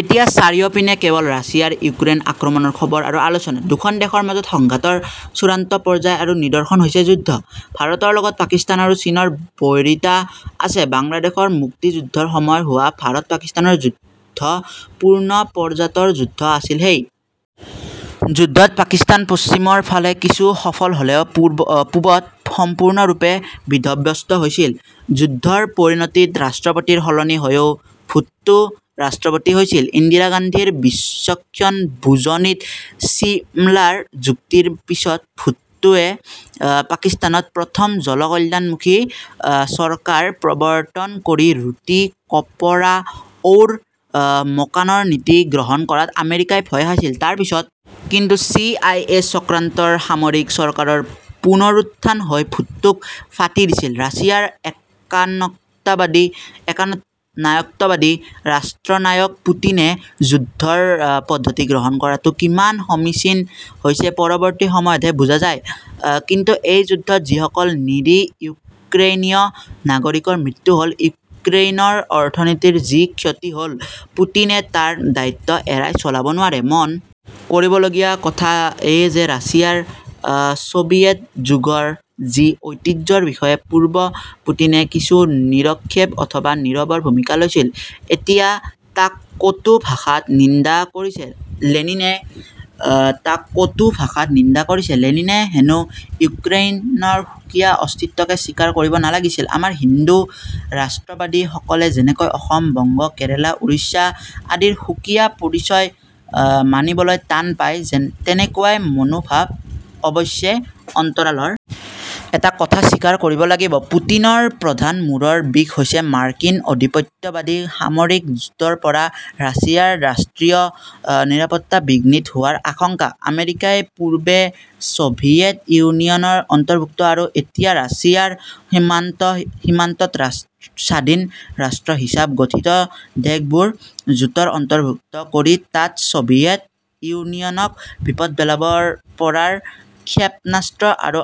এতিয়া চাৰিওপিনে কেৱল ৰাছিয়াৰ ইউক্ৰেইন আক্ৰমণৰ খবৰ আৰু আলোচনা। দুখন দেশৰ মাজত সংঘাতৰ চূড়ান্ত পৰ্যায় আৰু নিদৰ্শন হৈছে যুদ্ধ। ভাৰতৰ লগত পাকিস্তানৰ আৰু চীনৰ বৈৰিতা আছে। বাংলাদেশৰ মুক্তিযুদ্ধৰ সময়ত হোৱা ভাৰতপাকিস্তানৰ যুদ্ধ পূৰ্ণ পৰ্যায়ৰ যুদ্ধই আছিল। সেই যুদ্ধত পাকিস্তান পশ্চিমৰ ফালে কিছু সফল হ'লেও পূবত সম্পূৰ্ণৰূপে বিধ্বস্ত হৈছিল। যুদ্ধৰ পৰিণতিত ৰাষ্ট্ৰপতিৰ সলনি হৈ ভূট্টো ৰাষ্ট্ৰপতি হৈছিল। ইন্দিৰা গান্ধীৰ বিচক্ষণ বুজনিত চিমলাৰ চুক্তিৰ পিছত ভূট্টোৱে পাকিস্তানত প্ৰথম জনকল্যাণমুখী চৰকাৰ প্ৰবৰ্তন কৰি ৰুটি কপৰা ঔৰ মকানৰ নীতি গ্ৰহণ কৰাত আমেৰিকাই ভয় খাইছিল। তাৰপিছত কিন্তু চি আই এ চক্ৰান্তত সামৰিক চৰকাৰৰ পুনৰুত্থান হৈ ভূট্টোক ফাচি দিছিল। ৰাছিয়াৰ একনায়কত্ববাদী ৰাষ্ট্ৰনায়ক পুতিনে যুদ্ধৰ পদ্ধতি গ্ৰহণ কৰাটো কিমান সমীচিন হৈছে পৰৱৰ্তী সময়তহে বুজা যাব। কিন্তু এই যুদ্ধত যিসকল নিৰীহ ইউক্ৰেইনিয় নাগৰিকৰ মৃত্যু হ'ল, ইউক্ৰেইনৰ অৰ্থনীতিৰ যি ক্ষতি হ'ল, পুতিনে তাৰ দায়িত্ব এৰাই চলিব নোৱাৰে। মন কৰিবলগীয়া কথা এয়ে যে ৰাছিয়াৰ ছবিয়েট যুগৰ যি ঐতিহ্যৰ বিষয়ে পূৰ্বে পুতিনে কিছু নিৰপেক্ষ অথবা নীৰৱ ভূমিকা লৈছিল, এতিয়া তাক কটু ভাষাত নিন্দা কৰিছে। লেনিনে হেনো ইউক্ৰেইনৰ সুকীয়া অস্তিত্বকে স্বীকাৰ কৰিব নালাগিছিল। আমাৰ হিন্দু ৰাষ্ট্ৰবাদী সকলে যেনেকৈ অসম, বংগ, কেৰালা, ওড়িষা আদিৰ সুকীয়া পৰিচয় মানিবলৈ টান পায়, তেনেকুৱাই মনোভাৱ অৱশ্যে অন্তৰালৰ। এটা কথা স্বীকাৰ কৰিব লাগিব পুতিনৰ প্ৰধান মূৰৰ বিষ হৈছে মাৰ্কিন আধিপত্যবাদী সামৰিক জোঁটৰ পৰা ৰাছিয়াৰ ৰাষ্ট্ৰীয় নিৰাপত্তা বিঘ্নিত হোৱাৰ আশংকা। আমেৰিকাই পূৰ্বে ছভিয়েট ইউনিয়নৰ অন্তৰ্ভূক্ত আৰু এতিয়া ৰাছিয়াৰ সীমান্তত স্বাধীন ৰাষ্ট্ৰ হিচাবে গঠিত দেশবোৰ জোঁটৰ অন্তৰ্ভূক্ত কৰি তাত ছভিয়েট ইউনিয়নক বিপদত পেলাব পৰা ৰ ক্ষেপনাস্ত্ৰ আৰু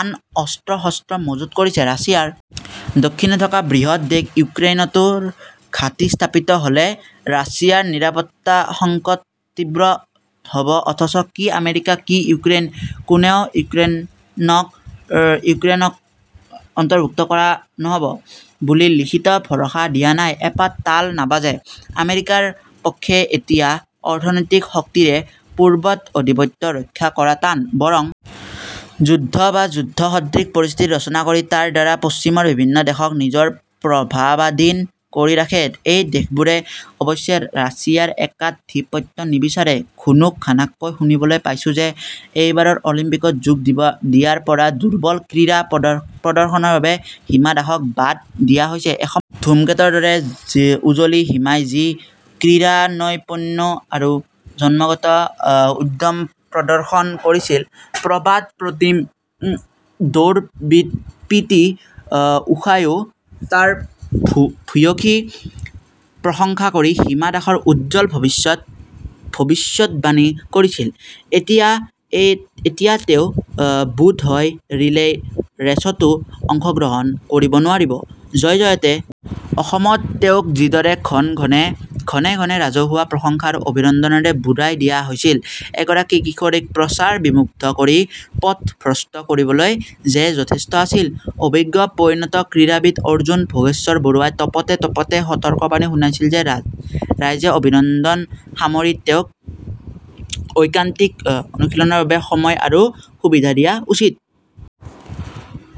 আন অস্ত্ৰশস্ত্ৰ মজুত ৰাখিছে। ৰাছিয়াৰ দক্ষিণে থকা বৃহৎ দেশ ইউক্ৰেইনটো ৰ ঘাঁটি স্থাপিত হ'লে ৰাছিয়াৰ নিৰাপত্তাসংকট তীব্ৰ হ'ব অথচ কি আমেৰিকা কি ইউক্ৰেইন কোনেও ইউক্ৰেইনক ৰ অন্তৰ্ভূক্ত কৰা নহ'ব বুলি লিখিত ভৰসা দিয়া নাই। এপাত তাল নাবাজে। আমেৰিকাৰ পক্ষে এতিয়া অৰ্থনৈতিক শক্তিৰে পূৰ্বৰ আধিপত্য ৰক্ষা কৰা টান। বৰঙ যুদ্ধ বা যুদ্ধসদৃশ পৰিস্থিতি ৰচনা কৰি তাৰ দ্বাৰা পশ্চিমৰ বিভিন্ন দেশক নিজৰ প্ৰভাৱাধীন কৰি ৰাখে। সেই দেশবোৰে অৱশ্যে ৰাছিয়াৰ একাধিপত্য নিবিচাৰে। ঘুনুকঘানাককৈ শুনিবলৈ পাইছোঁ যে এইবাৰৰ অলিম্পিকত যোগ দিয়াৰ পৰা দুৰ্বল ক্ৰীড়া প্ৰদৰ্শনৰ বাবে হিমা দাসক বাদ দিয়া হৈছে। এসময়ত ধুমকেতূৰ দৰে উজলি হিমাই যি ক্ৰীড়ানৈপুণ্য আৰু জন্মগত উদ্যম প্ৰদৰ্শন কৰিছিল, প্ৰবাদ প্ৰতীম দৌৰবিদ পি টি উষায়ো তাৰ ভূয়সী প্ৰশংসা কৰি হিমা দাসৰ উজ্জল ভৱিষ্যতৰ ভৱিষ্যদবাণী কৰিছিল। এতিয়া তেওঁ বোধহয় ৰিলেই ৰেচতো অংশগ্ৰহণ কৰিব নোৱাৰিব। জয়জয়তে অসমত তেওঁক যিদৰে ঘনেঘনে ৰাজহুৱা প্ৰশংসা আৰু অভিনন্দনেৰে বুৰাই দিয়া হৈছিল, এগৰাকী কিশোৰীক প্ৰচাৰবিমুগ্ধ কৰি পথভ্ৰষ্ট কৰিবলৈ সেয়ে যথেষ্ট আছিল। অভিজ্ঞ, পৈণত ক্ৰীড়াবিদ অৰ্জুন ভোগেশ্বৰ বৰুৱাই তপতে তপতে সতৰ্কবাণী শুনাইছিল যে ৰাইজে অভিনন্দন সামৰি তেওঁক ঐকান্তিক অনুশীলনৰ বাবে সময় আৰু সুবিধা দিয়া উচিত।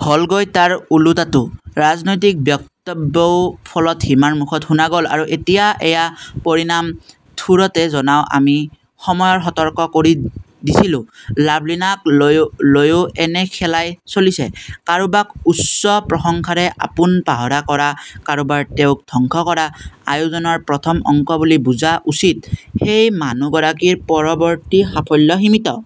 হ'লগৈ তাৰ ওলোটাটো। ৰাজনৈতিক বক্তব্যও ফলত হিমাৰ মুখত শুনা গ'ল আৰু এতিয়া এয়া পৰিণাম ঠোৰতে জনাওঁ। আমিও সময়ত সতৰ্ক কৰি দিছিলো লাভলিনাক লৈও একে খেলাই চলিছে। কাৰোবাক উচ্চ প্ৰশংসাৰে আপোনপাহৰা কৰা কাৰবাৰ তেওঁক ধ্বংস কৰা আয়োজনৰ প্ৰথম অংক বুলি বুজা উচিত। সেই মানুহগৰাকীৰ পৰৱৰ্তী সাফল্য সীমিত।